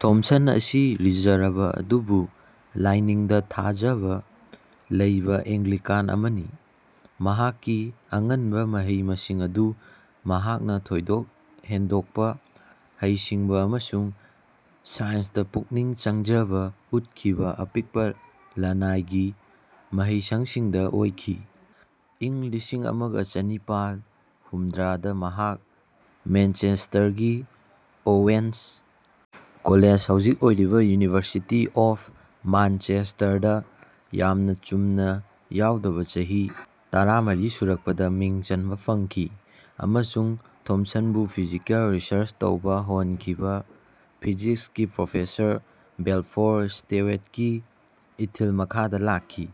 Thomson ꯑꯁꯤ reserve ꯑꯗꯨꯕꯨ ꯂꯥꯏꯅꯤꯡꯗ ꯊꯥꯖꯕ ꯂꯩꯕ ꯑꯦꯡꯒ꯭ꯂꯤꯀꯥꯟ ꯑꯃꯅꯤ꯫ ꯃꯍꯥꯛꯀꯤ ꯑꯉꯟꯕ ꯃꯍꯩ-ꯃꯁꯤꯡ ꯑꯗꯨ ꯃꯍꯥꯛꯅ ꯊꯣꯏꯗꯣꯛ-ꯍꯦꯟꯗꯣꯛꯄ ꯍꯩꯁꯤꯡꯕ ꯑꯃꯁꯨꯡ ꯁꯥꯏꯟꯁꯇ ꯄꯨꯛꯅꯤꯡ ꯆꯪꯖꯕ ꯎꯠꯈꯤꯕ ꯑꯄꯤꯛꯄ ꯂꯅꯥꯏꯒꯤ ꯃꯍꯩꯁꯪꯁꯤꯡꯗ ꯑꯣꯏꯈꯤ꯫ ꯏꯪ ꯂꯤꯁꯤꯡ ꯑꯃꯒ ꯆꯅꯤꯄꯥꯜ ꯍꯨꯝꯗ꯭ꯔꯥꯗ ꯃꯍꯥꯛ ꯃꯦꯟꯆꯦꯁꯇꯔꯒꯤ ꯑꯣꯋꯦꯟꯁ ꯀꯣꯂꯦꯖ (ꯍꯧꯖꯤꯛ ꯑꯣꯏꯔꯤꯕ ꯌꯨꯅꯤꯚꯔꯁꯤꯇꯤ ꯑꯣꯐ ꯃꯥꯟꯆꯦꯁꯇꯔ) ꯗ ꯌꯥꯝꯅ ꯆꯨꯝꯅ ꯌꯥꯎꯗꯕ ꯆꯍꯤ ꯇꯔꯥꯃꯔꯤ ꯁꯨꯔꯛꯄꯗ ꯃꯤꯡ ꯆꯟꯕ ꯐꯪꯈꯤ ꯑꯃꯁꯨꯡ ꯊꯣꯝꯁꯟꯕꯨ ꯐꯤꯖꯤꯀꯦꯜ ꯔꯤꯁꯔ꯭ꯆ ꯇꯧꯕ ꯍꯧꯍꯟꯈꯤꯕ ꯐꯤꯖꯤꯛꯁꯀꯤ ꯄ꯭ꯔꯣꯐꯦꯁꯔ ꯕꯦꯜꯐꯣꯔ ꯁ꯭ꯇꯤꯋꯦꯠꯀꯤ ꯏꯊꯤꯜ ꯃꯈꯥꯗ ꯂꯥꯛꯈꯤ꯫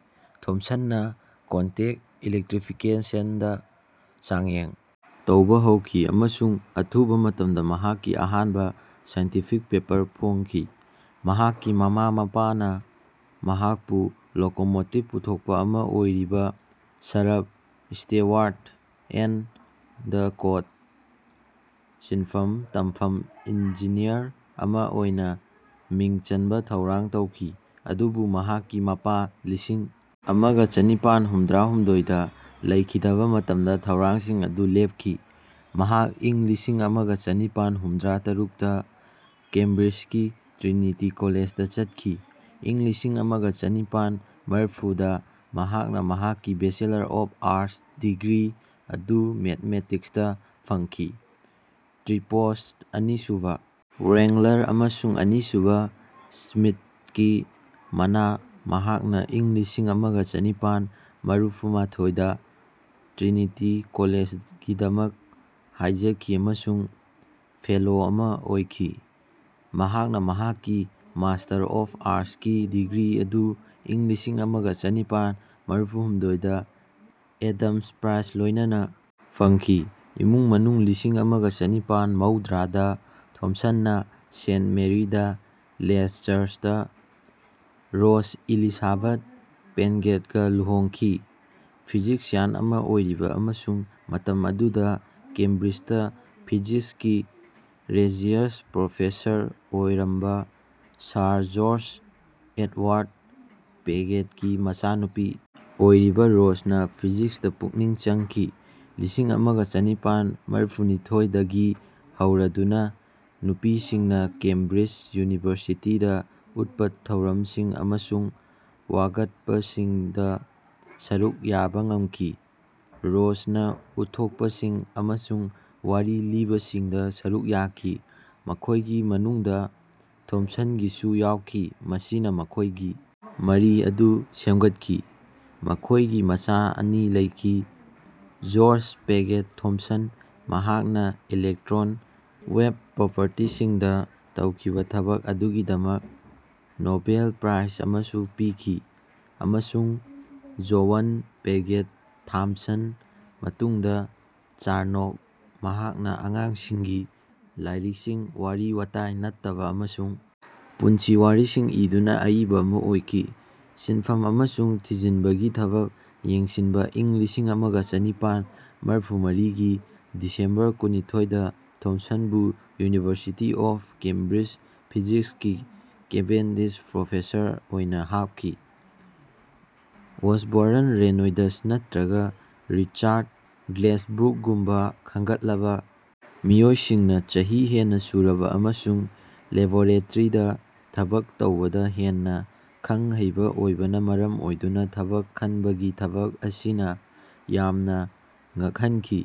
ꯊꯣꯝꯁꯟꯅ ꯀꯣꯟꯇꯦꯛ ꯏꯂꯦꯛꯇ꯭ꯔꯤꯐꯤꯀꯦꯁꯟꯗ ꯆꯥꯡꯌꯦꯡ ꯇꯧꯕ ꯍꯧꯈꯤ ꯑꯃꯁꯨꯡ ꯑꯊꯨꯕ ꯃꯇꯝꯗ ꯃꯍꯥꯛꯀꯤ ꯑꯍꯥꯟꯕ ꯁꯥꯏꯟꯇꯤꯐꯤꯛ ꯄꯦꯄꯔ ꯐꯣꯡꯈꯤ꯫ ꯃꯍꯥꯛꯀꯤ ꯃꯃꯥ-ꯃꯄꯥꯅ ꯃꯍꯥꯛꯄꯨ ꯂꯣꯀꯣꯃꯣꯇꯤꯞ ꯄꯨꯊꯣꯛꯄ ꯑꯃ ꯑꯣꯏꯔꯤꯕ, ꯁꯔꯞ, ꯁ꯭ꯇꯤꯋꯥꯔꯠ ꯑꯦꯟꯗ ꯀꯣꯗ ꯁꯤꯟꯐꯝ ꯇꯝꯐꯝ ꯏꯟꯖꯤꯅꯤꯌꯔ ꯑꯃ ꯑꯣꯏꯅ ꯃꯤꯡ ꯆꯟꯕ ꯊꯧꯔꯥꯡ ꯇꯧꯈꯤ, ꯑꯗꯨꯕꯨ ꯃꯍꯥꯛꯀꯤ ꯃꯄꯥ ꯂꯤꯁꯤꯡ ꯑꯃꯒ ꯆꯅꯤꯄꯥꯜ ꯍꯨꯝꯗ꯭ꯔꯥꯍꯨꯝꯗꯣꯏꯗ ꯂꯩꯈꯤꯗꯕ ꯃꯇꯝꯗ ꯊꯧꯔꯥꯡꯁꯤꯡ ꯑꯗꯨ ꯂꯦꯞꯈꯤ꯫ ꯃꯍꯥꯛ ꯏꯪ ꯂꯤꯁꯤꯡ ꯑꯃꯒ ꯆꯅꯤꯄꯥꯜ ꯍꯨꯝꯗ꯭ꯔꯥꯇꯔꯨꯛꯗ ꯀꯦꯝꯕ꯭ꯔꯤꯖꯀꯤ ꯇ꯭ꯔꯤꯅꯤꯇꯤ ꯀꯣꯂꯦꯖꯗ ꯆꯠꯈꯤ꯫ ꯏꯪ ꯂꯤꯁꯤꯡ ꯑꯃꯒ ꯆꯅꯤꯄꯥꯜ ꯃꯔꯐꯨꯗ ꯃꯍꯥꯛꯅ ꯃꯍꯥꯛꯀꯤ ꯕꯦꯆꯦꯂꯔ ꯑꯣꯐ ꯑꯥꯔꯠꯁ ꯗꯤꯒ꯭ꯔꯤ ꯑꯗꯨ ꯃꯦꯊꯃꯦꯇꯤꯛꯁꯇ ꯐꯪꯈꯤ(ꯇ꯭ꯔꯤꯄꯣꯁ ꯑꯅꯤꯁꯨꯕ ꯋ꯭ꯔꯦꯡꯂꯔ ꯑꯃꯁꯨꯡ ꯑꯅꯤꯁꯨꯕ ꯁ꯭ꯃꯤꯊꯀꯤ ꯃꯅꯥ)꯫ ꯃꯍꯥꯛꯅ ꯏꯪ ꯂꯤꯁꯤꯡ ꯑꯃꯒ ꯆꯅꯤꯄꯥꯜ ꯃꯔꯐꯨꯃꯥꯊꯣꯏꯗ ꯇ꯭ꯔꯤꯅꯤꯇꯤ ꯀꯣꯂꯦꯖꯛꯤꯗꯃꯛ ꯍꯥꯏꯖꯈꯤ ꯑꯃꯁꯨꯡ ꯐꯦꯂꯣ ꯑꯃ ꯑꯣꯏꯈꯤ꯫ ꯃꯍꯥꯛꯅ ꯃꯍꯥꯛꯀꯤ ꯃꯥꯁꯇꯔ ꯑꯣꯐ ꯑꯥꯔꯠꯁꯀꯤ ꯗꯤꯒ꯭ꯔꯤ ꯑꯗꯨ ꯏꯪ ꯂꯤꯁꯤꯡ ꯑꯃꯒ ꯆꯅꯤꯄꯥꯜ ꯃꯔꯐꯨꯍꯨꯝꯗꯣꯏꯗ ꯑꯦꯗꯝꯁ ꯄ꯭ꯔꯥꯏꯖ ꯂꯣꯏꯅꯅ ꯐꯪꯈꯤ꯫ ꯏꯃꯨꯡ ꯃꯅꯨꯡ ꯂꯤꯁꯤꯡ ꯑꯃꯒ ꯆꯅꯤꯄꯥꯜ ꯃꯧꯗ꯭ꯔꯥꯗ ꯊꯣꯝꯁꯟꯅ ꯁꯦꯟꯠ ꯃꯦꯔꯤ ꯗ ꯂꯦꯁ ꯆꯔꯆꯇ ꯔꯣꯖ ꯏꯂꯤꯁꯥꯕꯠ ꯄꯦꯒꯦꯠꯒ ꯂꯨꯍꯣꯡꯈꯤ꯫ ꯐꯤꯖꯤꯛꯁꯤꯌꯟ ꯑꯃ ꯑꯣꯏꯔꯤꯕ ꯑꯃꯁꯨꯡ ꯃꯇꯝ ꯑꯗꯨꯗ ꯀꯦꯝꯕ꯭ꯔꯤꯖꯇ ꯐꯤꯖꯤꯛꯁꯀꯤ ꯔꯦꯖꯤꯌꯁ ꯄ꯭ꯔꯣꯐꯦꯁꯔ ꯑꯣꯏꯔꯝꯕ ꯁꯔ ꯖꯣꯔ꯭ꯖ ꯑꯦꯗꯋꯥꯔ꯭ꯗ ꯄꯦꯒꯦꯠꯀꯤ ꯃꯆꯥꯅꯨꯄꯤ ꯑꯣꯏꯔꯤꯕ ꯔꯣꯖꯅ ꯐꯤꯖꯤꯛꯁꯇ ꯄꯨꯛꯅꯤꯡ ꯆꯪꯈꯤ꯫ ꯂꯤꯁꯤꯡ ꯑꯃꯒ ꯆꯅꯤꯄꯥꯜ ꯃꯔꯐꯨꯅꯤꯊꯣꯏꯗꯒꯤ ꯍꯧꯔꯗꯨꯅ ꯅꯨꯄꯤꯁꯤꯡꯅ ꯀꯦꯝꯕ꯭ꯔꯤꯖ ꯌꯨꯅꯤꯚꯔꯁꯤꯇꯤꯗ ꯎꯠꯄ ꯊꯧꯔꯝꯁꯤꯡ ꯑꯃꯁꯨꯡ ꯋꯥꯀꯠꯄꯁꯤꯡꯗ ꯁꯔꯨꯛ ꯌꯥꯕ ꯉꯝꯈꯤ꯫ ꯔꯣꯖꯅ ꯎꯠꯊꯣꯛꯄꯁꯤꯡ ꯑꯃꯁꯨꯡ ꯋꯥꯔꯤ ꯂꯤꯕꯁꯤꯡꯗ ꯁꯔꯨꯛ ꯌꯥꯈꯤ, ꯃꯈꯣꯏꯒꯤ ꯃꯅꯨꯡꯗ ꯊꯣꯝꯁꯟꯒꯤꯁꯨ ꯌꯥꯎꯈꯤ, ꯃꯁꯤꯅ ꯃꯈꯣꯏꯒꯤ ꯃꯔꯤ ꯑꯗꯨ ꯁꯦꯝꯒꯠꯈꯤ꯫ ꯃꯈꯣꯏꯒꯤ ꯃꯆꯥ ꯑꯅꯤ ꯂꯩꯈꯤ: ꯖꯣꯔ꯭ꯖ ꯄꯦꯒꯦꯠ ꯊꯣꯝꯁꯟ, ꯃꯍꯥꯛꯅ ꯏꯂꯦꯛꯇ꯭ꯔꯣꯟ ꯋꯦꯞ ꯄ꯭ꯔꯣꯄꯔꯇꯤꯁꯤꯡꯗ ꯇꯧꯈꯤꯕ ꯊꯕꯛ ꯑꯗꯨꯒꯤꯗꯃꯛ ꯅꯣꯕꯦꯜ ꯄ꯭ꯔꯥꯏꯖ ꯑꯃꯁꯨ ꯄꯤꯈꯤ, ꯑꯃꯁꯨꯡ ꯖꯣꯋꯟ ꯄꯦꯒꯦꯠ ꯊꯣꯝꯁꯟ (ꯃꯇꯨꯡꯗ ꯆꯥꯔꯅꯣꯛ), ꯃꯍꯥꯛꯅ ꯑꯉꯥꯡꯁꯤꯡꯒꯤ ꯂꯥꯏꯔꯤꯛꯁꯤꯡ, ꯋꯥꯔꯤ-ꯋꯥꯇꯥꯏ ꯅꯠꯇꯕ ꯑꯃꯁꯨꯡ ꯄꯨꯟꯁꯤ ꯋꯥꯔꯤꯁꯤꯡ ꯏꯗꯨꯅ ꯑꯏꯕ ꯑꯃ ꯑꯣꯏꯈꯤ꯫ ꯁꯤꯟꯐꯝ ꯑꯃꯁꯨꯡ ꯊꯤꯖꯤꯟꯕꯒꯤ ꯊꯕꯛ ꯌꯦꯡꯁꯤꯟꯕ ꯏꯪ ꯂꯤꯁꯤꯡ ꯑꯃꯒ ꯆꯅꯤꯄꯥꯜ ꯃꯔꯐꯨꯃꯔꯤꯒꯤ ꯗꯤꯁꯦꯝꯕꯔ ꯀꯨꯟꯅꯤꯊꯣꯏꯗ ꯊꯣꯝꯁꯟꯕꯨ ꯌꯨꯅꯤꯚꯔꯁꯤꯇꯤ ꯑꯣꯐ ꯀꯦꯝꯕ꯭ꯔꯤꯖ ꯐꯤꯖꯤꯛꯁꯀꯤ ꯀꯦꯚꯦꯟꯗꯤꯁ ꯄ꯭ꯔꯣꯐꯦꯁꯔ ꯑꯣꯏꯅ ꯍꯥꯞꯈꯤ꯫ ꯑꯣꯁꯕꯣꯔꯟ ꯔꯦꯅꯣꯜꯗ꯭ꯁ ꯅꯠꯇ꯭ꯔꯒ ꯔꯤꯆꯥ꯭ꯔꯠ ꯒ꯭ꯂꯦꯖꯕ꯭ꯔꯨꯛꯒꯨꯝꯕ ꯈꯟꯒꯠꯂꯕ ꯃꯤꯑꯣꯏꯁꯤꯡꯅ ꯆꯍꯤ ꯍꯦꯟꯅ ꯁꯨꯔꯕ ꯑꯃꯁꯨꯡ ꯂꯦꯕꯣꯔꯦꯇꯔꯤꯗ ꯊꯕꯛ ꯇꯧꯕꯗ ꯍꯦꯟꯅ ꯈꯪ-ꯍꯩꯕ ꯑꯣꯏꯕꯅ ꯃꯔꯝ ꯑꯣꯏꯗꯨꯅ ꯊꯕꯛ ꯈꯟꯕꯒꯤ ꯊꯕꯛ ꯑꯁꯤꯅ ꯌꯥꯝꯅ ꯉꯛꯍꯟꯈꯤ꯫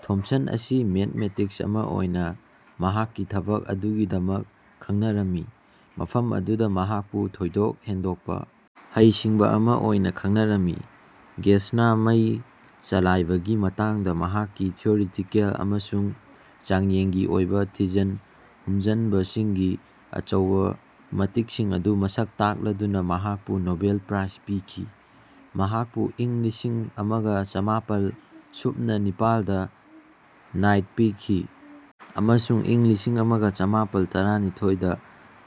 ꯊꯣꯝꯁꯟ ꯑꯁꯤ ꯃꯦꯊꯥꯃꯦꯇꯤꯛ꯭ꯁ ꯑꯃ ꯑꯣꯏꯅ ꯃꯍꯥꯛꯀꯤ ꯊꯕꯛ ꯑꯗꯨꯒꯤꯗꯃꯛ ꯈꯪꯅꯔꯝꯃꯤ, ꯃꯐꯝ ꯑꯗꯨꯗ ꯃꯍꯥꯛꯄꯨ ꯊꯣꯏꯗꯣꯛ ꯍꯦꯟꯗꯣꯛꯄ ꯍꯩꯁꯤꯡꯕ ꯑꯃ ꯑꯣꯏꯅ ꯈꯪꯅꯔꯝꯃꯤ꯫ "ꯒꯦꯁꯅ ꯃꯩ ꯆꯂꯥꯏꯕꯒꯤ ꯃꯇꯥꯡꯗ ꯃꯍꯥꯛꯀꯤ ꯊꯤꯑꯣꯔꯤꯇꯤꯀꯦꯜ ꯑꯃꯁꯨꯡ ꯆꯥꯡꯌꯦꯡꯒꯤ ꯑꯣꯏꯕ ꯊꯤꯖꯟ ꯍꯨꯝꯖꯟꯕꯁꯤꯡꯒꯤ ꯑꯆꯧꯕ ꯃꯇꯤꯛꯁꯤꯡ ꯑꯗꯨ ꯃꯁꯛ ꯇꯥꯛꯂꯗꯨꯅ" ꯃꯍꯥꯛꯄꯨ ꯅꯣꯕꯦꯜ ꯄ꯭ꯔꯥꯏꯖ ꯄꯤꯈꯤ꯫ ꯃꯍꯥꯛꯄꯨ ꯏꯪ ꯂꯤꯁꯤꯡ ꯑꯃꯒ ꯆꯃꯥꯄꯜ ꯁꯨꯞꯅ ꯅꯤꯄꯥꯜꯗ ꯅꯥꯏꯠ ꯄꯤꯈꯤ ꯑꯃꯁꯨꯡ ꯏꯪ ꯂꯤꯁꯤꯡ ꯑꯃꯒ ꯆꯃꯥꯄꯜ ꯇꯔꯥꯅꯤꯊꯣꯏꯗ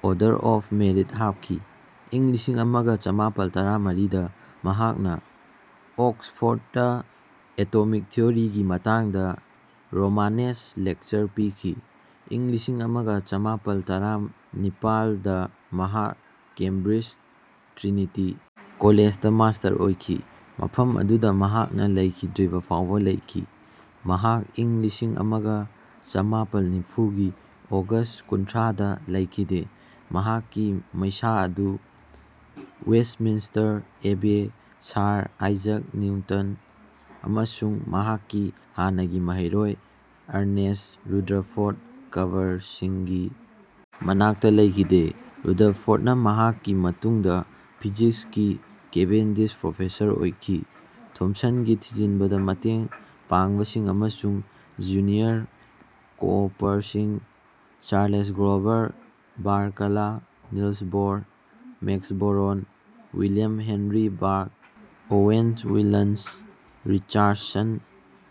ꯑꯣꯔꯗꯔ ꯑꯣꯐ ꯃꯦꯔꯤꯠ ꯍꯥꯞꯈꯤ꯫ ꯏꯪ ꯂꯤꯁꯤꯡ ꯑꯃꯒ ꯆꯃꯥꯄꯜ ꯇꯔꯥꯃꯔꯤꯗ ꯃꯍꯥꯛꯅ ꯑꯣꯛ꯭ꯁꯐꯣꯔ꯭ꯗꯇ "ꯗ ꯑꯦꯇꯣꯃꯤꯛ ꯊꯤꯑꯣꯔꯤ" ꯒꯤ ꯃꯇꯥꯡꯗ ꯔꯣꯃꯥꯅꯦꯁ ꯂꯦꯛꯆꯔ ꯄꯤꯈꯤ꯫ ꯏꯪ ꯂꯤꯁꯤꯡ ꯑꯃꯒ ꯆꯃꯥꯄꯜ ꯇꯔꯥꯅꯤꯄꯥꯜꯗ ꯃꯍꯥꯛ ꯀꯦꯝꯕ꯭ꯔꯤꯖ ꯇ꯭ꯔꯤꯅꯤꯇꯤ ꯀꯣꯂꯦꯖꯇ ꯃꯥꯁꯇꯔ ꯑꯣꯏꯈꯤ, ꯃꯐꯝ ꯑꯗꯨꯗ ꯃꯍꯥꯛꯅ ꯂꯩꯈꯤꯗ꯭ꯔꯤꯕ ꯐꯥꯎꯕ ꯂꯩꯈꯤ꯫ ꯃꯍꯥꯛ ꯏꯪ ꯂꯤꯁꯤꯡ ꯑꯃꯒ ꯆꯃꯥꯄꯜ ꯅꯤꯐꯨꯒꯤ ꯑꯣꯒꯁ ꯀꯨꯟꯊ꯭ꯔꯥꯗ ꯂꯩꯈꯤꯗꯦ, ꯃꯍꯥꯛꯀꯤ ꯃꯩꯁꯥ ꯑꯗꯨ Westminster Abbey, sir Isaac Newton ꯑꯃꯁꯨꯡ ꯃꯍꯥꯛꯀꯤ ꯍꯥꯟꯅꯒꯤ ꯃꯍꯩꯔꯣꯏ ꯑꯔꯅꯦꯁ ꯔꯨꯗꯔꯐꯣꯔꯠ ꯀꯕꯔꯁꯤꯡꯒꯤ ꯃꯅꯥꯛꯇ ꯂꯩꯈꯤꯗꯦ꯫ ꯔꯨꯗꯔꯐꯣꯔꯠꯅ ꯃꯍꯥꯛꯀꯤ ꯃꯇꯨꯡꯗ ꯐꯤꯖꯤꯛꯁꯀꯤ ꯀꯦꯚꯦꯟꯗꯤꯁ ꯄ꯭ꯔꯣꯐꯦꯁꯔ ꯑꯣꯏꯈꯤ꯫ ꯊꯣꯝꯁꯟꯒꯤ ꯊꯤꯖꯤꯟꯕꯗ ꯃꯇꯦꯡ ꯄꯥꯡꯕꯁꯤꯡ ꯑꯃꯁꯨꯡ ꯖ꯭ꯌꯨꯅꯤꯌꯔ ꯀꯣꯑꯣꯄꯔꯁꯤꯡ (Charles Glover Barkla, Niels Bohr, Max Born, William Henry Bragg, Owen Willans Richardson